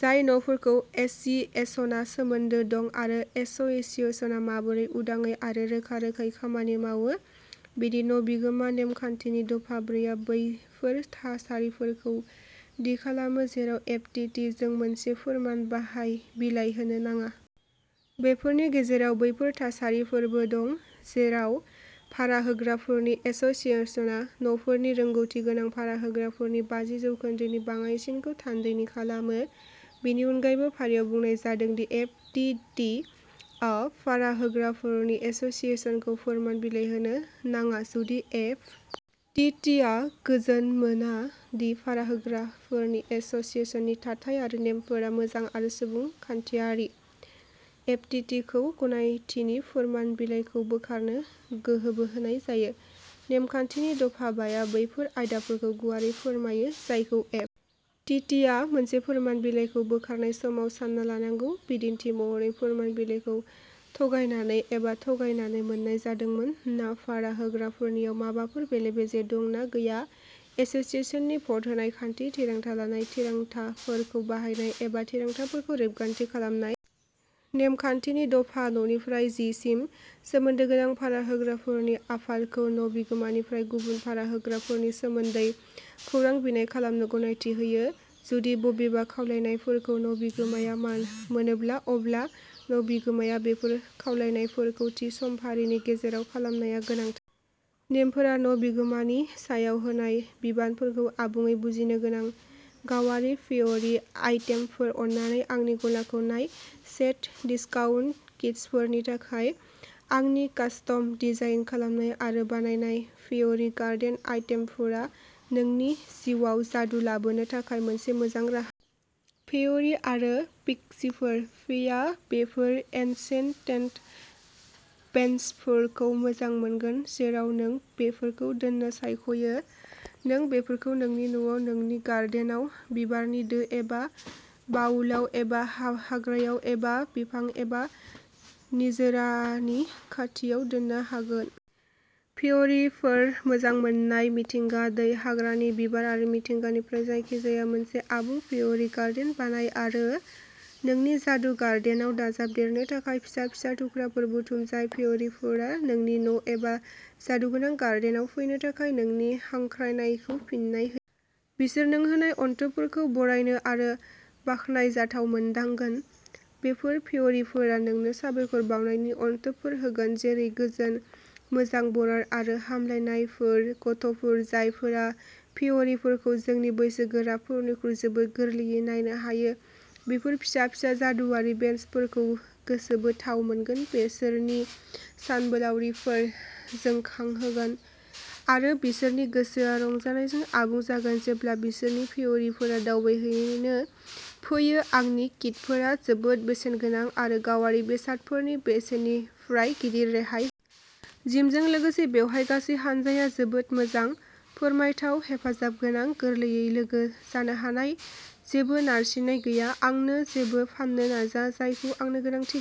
जाय न'फोरजों एस'सिएशनआ सोमोन्दो दं आरो एस'सिएशनआ माबोरै उदाङै आरो रोखा रोखोमै खामानि मावो बेनि न' बिगोमा। नेमखान्थिनि दफा ब्रैआ बैफोर थासारिफोरखौ थि खालामो जेराव एफ. टि. टि. जों मोनसे फोरमान बिलाइ होनो नाङा। बेफोरनि गेजेराव बैफोर थासारिफोरबो दं जेराव भारा होग्राफोरनि एस'सिएशनआ न'फोरनि रोंग'थि गोनां भारा होग्राफोरनि बाजि जौखोन्दोनि बाङाइसिनखौ थान्दैथि खालामो। बेनि अनगायैबो फारियाव बुंनाय जादों दि एफ. टि. टि. आ भारा होग्राफोरनि एस'सिएशनखौ फोरमान बिलाइ होनो नाङा जुदि एफ. टि. टि. आ गोजोन मोना दि भारा होग्राफोरनि एस'सिएशननि दाथाइ आरो नेमफोरा मोजां आरो सुबुंखान्थियारि। एफ. टि. टि. खौ गनायथिनि फोरमान बिलाइखौ बोखारनो गोहोबो होनाय जायो। नेमखान्थिनि दफा बा या बैफोर आयदाफोरखौ गुवारै फोरमायो जायखौ एफ. टि. टि. आ मोनसे फोरमान बिलाइखौ बोखारनाय समाव सानना लानांगौ बिदिन्थि महरै फोरमान बिलाइखौ थगायनानै एबा थगायनानै मोन्नाय जादोंमोन ना भारा होग्राफोरनाव माबाफोर बेले-बेजे दं ना गैया। एस'सिएशननि भट होनाय खान्थि, थिरांथा लानाय, थिरांथाफोरखौ बाहायनाय एबा थिरांथाफोरखौ रेबगान्थि खालामनाय। नेमखान्थिनि दफा द' निफ्राय जि सिम सोमोन्दो गोनां भारा होग्राफोरनि आफादखौ न' बिगोमानिफ्राय गुबुन भारा होग्राफोरनि सोमोन्दै खौरां बिनाय खालामनो गनायथि होयो। जुदि बबेबा खावलायनायफोरखौ न' बिगोमाया मोनोब्ला अब्ला न' बिगोमाया बेफोर खावलायनायफोरखौ थि समफारिनि गेजेराव सामलायनाया गोनांथार। नेमफोरा न' बिगोमानि सायाव होनाय बिबानफोरखौ आबुङै बुजिनो गोनां। गावारि, फेयरी आइटेमफोर, अन्नानै आंनि गलाखौ नाय सेट डिसकाउन्ट किटफोरनि थाखाय। आंनि कास्टम डिजाइन खालामनाय आरो बानायनाय फेयरी गार्डेन आइटेमफोरा नोंनि जिउआव जादु लाबोनो थाखाय मोनसे मोजां राहा। फेयरी आरो पिक्सीफोर, "फे" आ बेफोर एनचेन्टेड बेन्चफोरखौ मोजां मोनगोन जेराव नों बेफोरखौ दोननो सायख'यो। नों बेफोरखौ नोंनि न'आव, नोंनि गार्डेनआव, बिबारनि दो एबा बाउलआव एबा हाग्रायाव एबा बिफां एबा निजोरानि खाथियाव दोननो हागोन। फेयरीफोर मोजां मोननाय मिथिंगा, दै, हाग्रानि बिबार आरो मिथिंगानिफ्राय जायखिजाया मोनसे आबुं फेयरी गार्डेन बानाय आरो नोंनि जादु गार्डेनआव दाजाबदेरनो थाखाय फिसा फिसा थुख्राफोर बुथुम जाय फेयरीफोरा नोंनि न' एबा जादुगोनां गार्डेनआव फैनो थाखाय नोंनि हांख्रायनायखौ फिन्नाय होयो। बिसोर नों होनाय अनथोबफोरखौ बरायनो आरो बाखनायजाथाव मोनदांगोन। बेफोर फेयरीफोरा नोंनो साबायखर बावनायनि अनथोबफोर होगोन जेरै गोजोन, मोजां बराद आरो हामलायनायफोर। गथ'फोर जायफोरा फेयरीफोरखौ जोंनि बैसोगोराफोरनिख्रुइ जोबोद गोरलैयै नायनो हायो बेफोर फिसा फिसा जादुआरि बेन्चफोरखौ गोसोबोथाव मोनगोन बिसोरनि सानबोलावरिफोरा जोंखांहोगोन आरो बिसोरनि गोसोआ रंजानायजों आबुं जागोन जेब्ला बिसोरनि फेयरीफोरा दावबायहैनो फैयो आंनि किटफोरा जोबोद बेसेनगोनां आरो गावारि बेसादफोरनि बेसेननिफ्राय "गिदिर" रेहाय होयो। जिमजों लोगोसे बेवहाय गासै हानजाया जोबोद मोजां। फोरमायथाव, हेफाजाबगोनां, गोरलैयै लोगो जानो हानाय। जेबो नारसिननाय गैया, आंनो जेबो फाननो नाजा, जायखौ आंनो गोनांथि